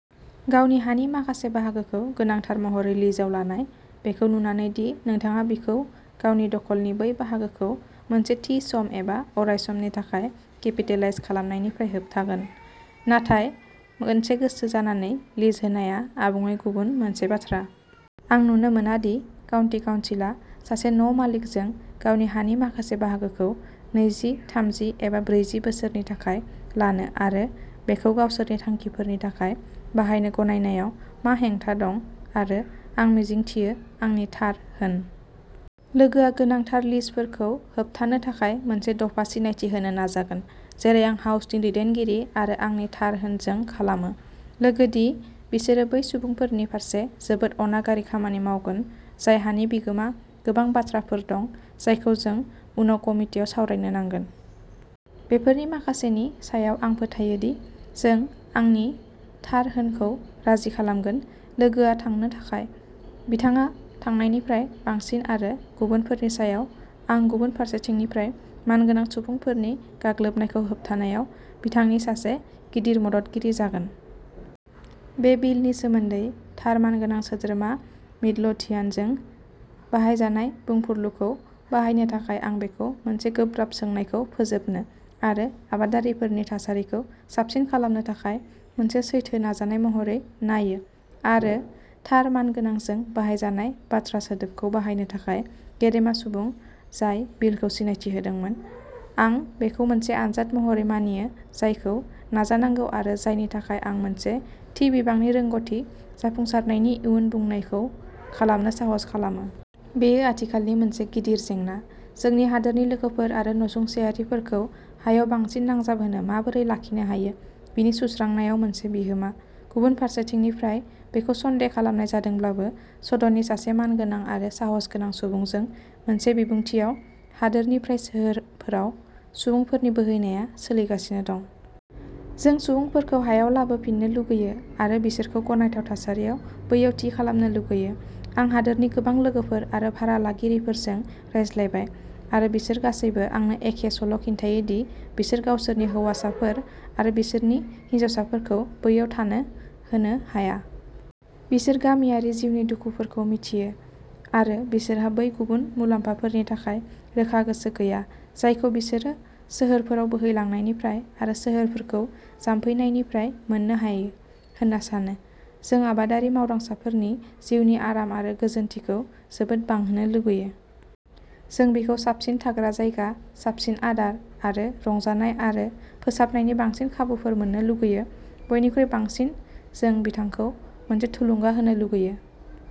गावनि हानि माखासे बाहागोखौ गोनांथार महरै लिजआव लानाय, बेखौ नुनानै दि नोंथाङा बिखौ गावनि दखलनि बै बाहागोखौ मोनसे थि सम एबा अराय समनि थाखाय केपिटेलाइज खालामनायनिफ्राय होबथायगोन। नाथाय मोनसे गोसो जानानै लिज होनाया आबुङै गुबुन मोनसे बाथ्रा। आं नुनो मोना दि काउन्टि काउन्सिलआ सासे न' मालिकजों गावनि हानि माखासे बाहागोखौ नैजि, थामजि एबा ब्रैजि बोसोरनि थाखाय लानो आरो बेखौ गावसोरनि थांखिफोरनि थाखाय बाहायनो गनायनायाव मा हेंथा दं आरो आं मिजिंथियो आंनि थार होन। लोगोआ गोनांथार लिजफोरखौ होबथानो थाखाय मोनसे दफा सिनायथि होनो नाजागोन, जेरै आं हाउसनि दैदेनगिरि आरो आंनि थार होनजों खालामो। लोगो दि बिसोरो बै सुबुंफोरनि फारसे जोबोद अनागारि खामानि मावगोन जाय हानि बिगोमा। गोबां बाथ्राफोर दं जायखौ जों उनाव कमितिआव सावरायनो नांगोन। बेफोरनि माखासेनि सायाव आं फोथायो दि जों आंनि थार होनखौ राजि खालामगोन। लोगोआ थांनो थाखाय। बिथाङा थांनायनिफ्राय बांसिन आरो गुबुनफोरनि सायाव आं गुबुन फारसेथिंनिफ्राय मानगोनां सुबुंफोरनि गाग्लोबनायखौ होबथानायाव बिथांनि सासे गिदिर मददगिरि जागोन। बे बिलनि सोमोन्दै थार मानगोनां सोद्रोमा मिडलोथियान जों बाहायजानाय बुंफुरलुखौ बाहायनो थाखाय आं बेखौ मोनसे गोब्राब सोंनायखौ फोजोबनो आरो आबादारिफोरनि थासारिखौ साबसिन खालामनो थाखाय मोनसे सैथो नाजानाय महरै नायो आरो थार मानगोनांजों बाहायजानाय बाथ्रा सोदोबखौ बाहायनो थाखाय गेदेमा सुबुं जाय बिलखौ सिनायथि होदोंमोन, आं बेखौ मोनसे आनजाद महरै मानियो जायखौ नाजानांगौ आरो जायनि थाखाय आं मोनसे थि बिबांनि रोंग'थि जाफुंसारनायनि इयुन बुंनायखौ खालामनो साहस खालामो। बेयो आथिखालनि मोनसे गिदिर जेंना, जोंनि हादोरनि लोगोफोर आरो नसुंसेयारिफोरखौ हायाव बांसिन नांजाबहोनो माबोरै लाखिनो हायो, बिनि सुस्रांनायाव मोनसे बिहोमा। गुबुन फारसेथिंनिफ्राय बेखौ सन्देह खालामनाय जादोंब्लाबो। सदननि सासे मानगोनां आरो साहसगोनां सुबुंजों मोनसे बिबुंथियाव, हादोरनिफ्राय सोहोरफोराव सुबुंफोरनि बोहैनाया सोलिगासिनो दं। जों सुबुंफोरखौ हायाव लाबोफिननो लुगैयो आरो बिसोरखौ गनायथाव थासारियाव बैयाव थि खालामनो लुगैयो। आं हादोरनि गोबां लोगोफोर आरो भारा लागिरिफोरजों रायज्लायबाय, आरो बिसोर गासैबो आंनो एखे सल' खिन्थायोदि बिसोर गावसोरनि हौवासाफोर आरो बिसोरनि हिनजावसाफोरखौ बैयाव थानो होनो हाया। बिसोर गामियारि जिउनि दुखुफोरखौ मिथियो, आरो बिसोरहा बै गुबुन मुलाम्फाफोरनि थाखाय रोखा गोसो गैया जायखौ बिसोरो सोहोरफोराव बोहैलांनायनिफ्राय आरो सोहोरफोरखौ जामफैनायनिफ्राय मोननो हायो होन्ना सानो। जों आबादारि मावदांसाफोरनि जिउनि आराम आरो गोजोनथिखौ जोबोद बांहोनो लुगैयो। जों बिखौ साबसिन थाग्रा जायगा, साबसिन आदार आरो रंजानाय आरो फोसाबनायनि बांसिन खाबुफोर मोन्नो लुगैयो बयनिख्रुइ बांसिन जों बिथांखौ मोनसे थुलुंगा होनो लुगैयो।